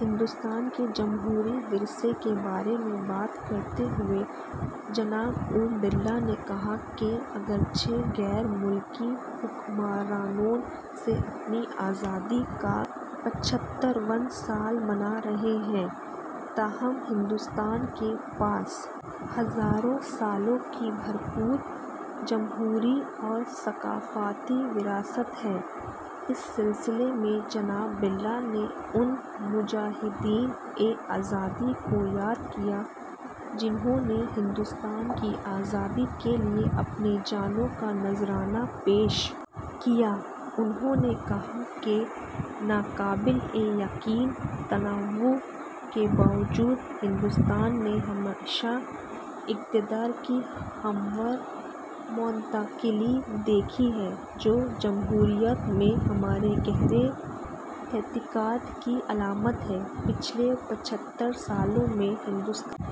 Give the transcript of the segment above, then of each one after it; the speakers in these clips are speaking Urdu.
ہندوستان کے جمہوری ورثے کے بارے میں بات کرتے ہوئے جناب اوم برلا نے کہا کہ اگرچہ غیر ملکی حکمرانوں سے اپنی آزادی کا پچھترواں سال منا رہے ہیں تاہم ہندوستان کے پاس ہزاروں سالوں کی بھرپور جمہوری اور ثقافتی وراثت ہے اس سلسلے میں جناب برلا نے ان مجاہدین آزادی کو یاد کیا جنہوں نے ہندوستان کی آزادی کے لیے اپنی جانوں کا نذرانہ پیش کیا انہوں نے کہا کہ ناقابل یقین تنوع کے باوجود ہندوستان نے ہمیشہ اقتدار کی ہموار منتقلی دیکھی ہے جو جمہوریت میں ہمارے گہرے اعتقاد کی علامت ہے پچھلے پچھتر سالوں میں ہندوستان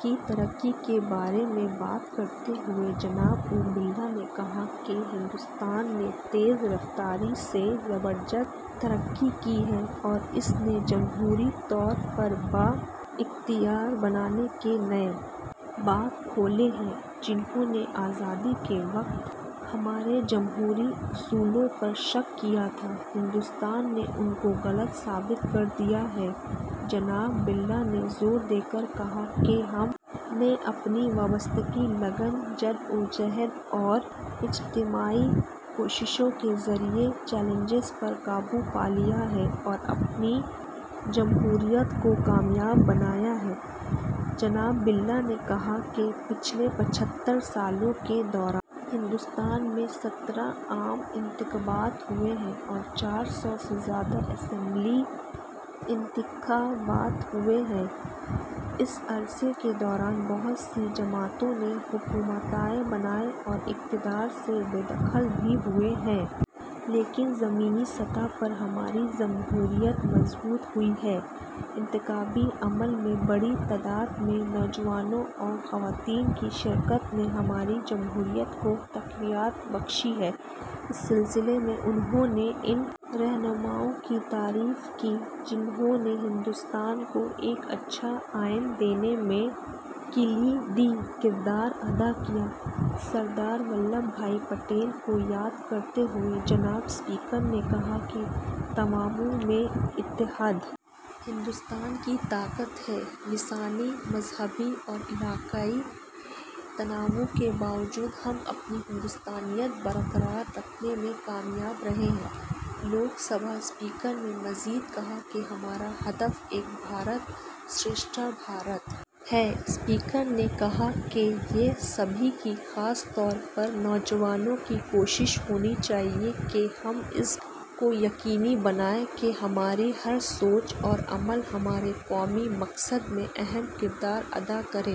کی ترقی کے بارے میں بات کرتے ہوئے جناب اوم برلا نے کہا کہ ہندوستان نے تیز رفتاری سے زبردست ترقی کی ہے اور اس نے جمہوری طور پر بااختیار بنانے کے نئے باب کھولے ہیں جنہوں نے آزادی کے وقت ہمارے جمہوری اصولوں پر شک کیا تھا ہندوستان نے ان کو غلط ثابت کر دیا ہے جناب برلا نے زور دے کر کہا کہ ہم نے اپنی وابستگی لگن جدوجہد اور اجتماعی کوششوں کے ذریعے چیلنجوں پر قابو پا لیا ہے اور اپنی جمہوریت کو کامیاب بنایا ہے جناب برلا نے کہا کہ پچھلے پچھتر سالوں کے دوران ہندوستان میں سترہ عام انتخابات ہوئے ہیں اور چار سو سے زیادہ اسمبلی انتخابات ہوئے ہیں اس عرصے کے دوران بہت ساری جماعتوں نے حکومتیں بنائیں اور اقتدار سے بے دخل بھی ہوئیں لیکن زمینی سطح پر ہماری جمہوریت مضبوط ہوئی ہے انتخابی عمل میں بڑی تعداد میں نوجوانوں اور خواتین کی شرکت نے ہماری جمہوریت کو تقویت بخشی ہے اس سلسلے میں انہوں نے ان رہنماؤں کی تعریف کی جنہوں نے ہندوستان کو ایک اچھا آئین دینے میں کلیدی کردار ادا کیا سردار ولبھ بھائی پٹیل کو یاد کرتے ہوئے جناب اسپیکر نے کہا کہ تنوع میں اتحاد ہندوستان کی طاقت ہے لسانی مذہبی اور علاقائی تنوع کے باوجود ہم اپنی ہندوستانیت برقرار رکھنے میں کامیاب رہے ہیں لوک سبھا اسپیکر نے مزید کہا کہ ہمارا ہدف ایک بھارت شریشٹھ بھارت ہے اسپیکر نے کہا کہ یہ سبھی کی خاص طور پر نوجوانوں کی کوشش ہونی چاہیے کہ ہم اس بات کو یقینی بنائیں کہ ہماری ہر سوچ اور عمل ہمارے قومی مقصد میں اہم کردار ادا کرے